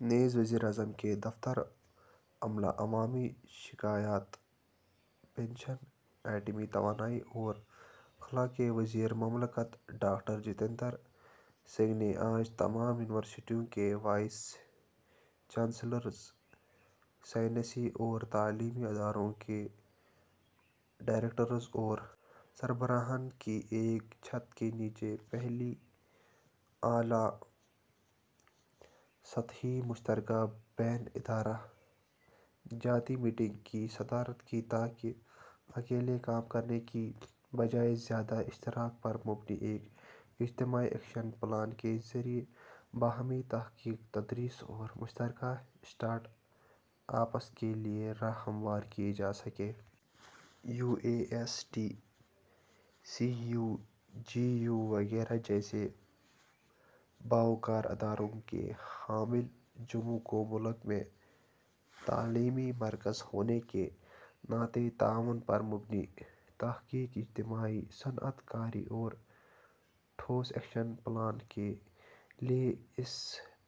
نیز وزیر اعظم کے دفتر، عملہ، عوامی شکایات، پنشن، ایٹمی توانائی اور خلا کے وزیر مملکت ڈاکٹر جتیندر سنگھ نے آج تمام یونیورسٹیوں کے وائس چانسلرز، سائنسی اور تعلیمی اداروں کے ڈائریکٹرز اور سربراہان کی ایک چھت کے نیچے پہلی اعلیٰ سطحی مشترکہ بین ادارہ جاتی میٹنگ کی صدارت کی، تاکہ اکیلے کام کرنے کی بجائے زیادہ اشتراک پر مبنی ایک اجتماعی ایکشن پلان کے ذریعے باہمی تحقیق، تدریس اور مشترکہ اسٹارٹ اپس کے لیے راہ ہموار کی جا سکے۔ U A S T, C U, J U وغیرہ جیسے باوقار اداروں کے حامل جموں کو ملک میں تعلیمی مرکز ہونے کے ناطے تعاون پر مبنی تحقیق، اجتماعی صنعت کاری اور ٹھوس ایکشن پلان کے لیے اس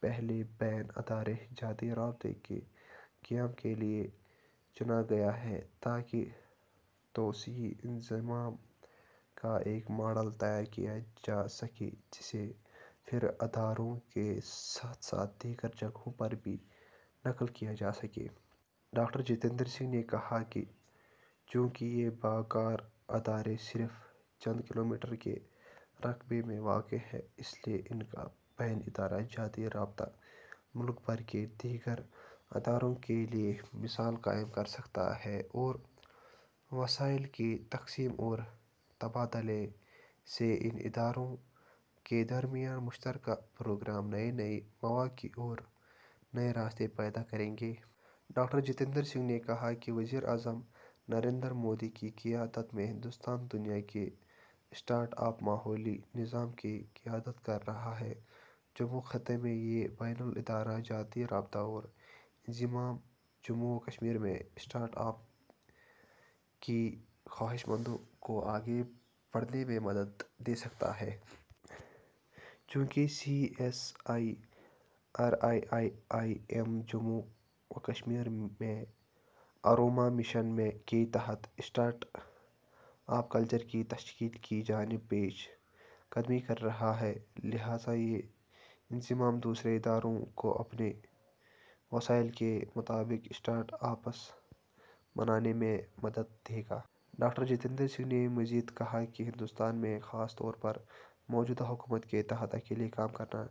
پہلے بین ادارہ جاتی رابطے کے قیام کے لیے چنا گیا ہے، تاکہ توسیعی انضمام کا ایک ماڈل تیار کیا جا سکے جسے پھر اداروں کے ساتھ ساتھ دیگر جگہوں پر بھی نقل کیا جا سکے۔ ڈاکٹر جتیندر سنگھ نے کہا کہ چونکہ یہ باوقار ادارے صرف چند کلومیٹر کے رقبے میں واقع ہیں، اس لیے ان کا بین ادارہ جاتی رابطہ ملک بھر کے دیگر اداروں کے لیے مثال قائم کر سکتا ہے اور وسائل کی تقسیم اور تبادلے سے ان اداروں کے درمیان مشترکہ پروگرام نئے نئے مواقع اور نئے راستے پیدا کریں گے۔ ڈاکٹر جتیندر سنگھ نے کہا کہ وزیر اعظم نریندر مودی کی قیادت میں ہندوستان دنیا کے اسٹارٹ اپ ماحولی نظام کی قیادت کر رہا ہے۔ جموں خطے میں یہ بین ادارہ جاتی رابطہ اور انضمام جموں و کشمیر میں اسٹارٹ اپ کے خواہشمندوں کو آگے بڑھنے میں مدد دے سکتا ہے۔ چونکہ C S I R I I I M Jammu و کشمیر میں آروما مشن کے تحت اسٹارٹ اپ کلچر کی تشکیل کی جانب پیش قدمی کر رہا ہے، لہٰذا یہ انضمام دوسرے اداروں کو اپنے وسائل کے مطابق اسٹارٹ اپس بنانے میں مدد دے گا۔ ڈاکٹر جتیندر سنگھ نے مزید کہا کہ ہندوستان میں، خاص طور پر موجودہ حکومت کے تحت، اکیلے کام کرنا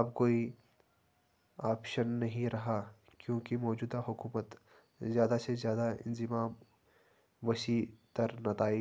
اب کوئی آپشن نہیں رہا ہے، کیونکہ موجودہ حکومت زیادہ سے زیادہ انضمام، وسیع تر نتائج…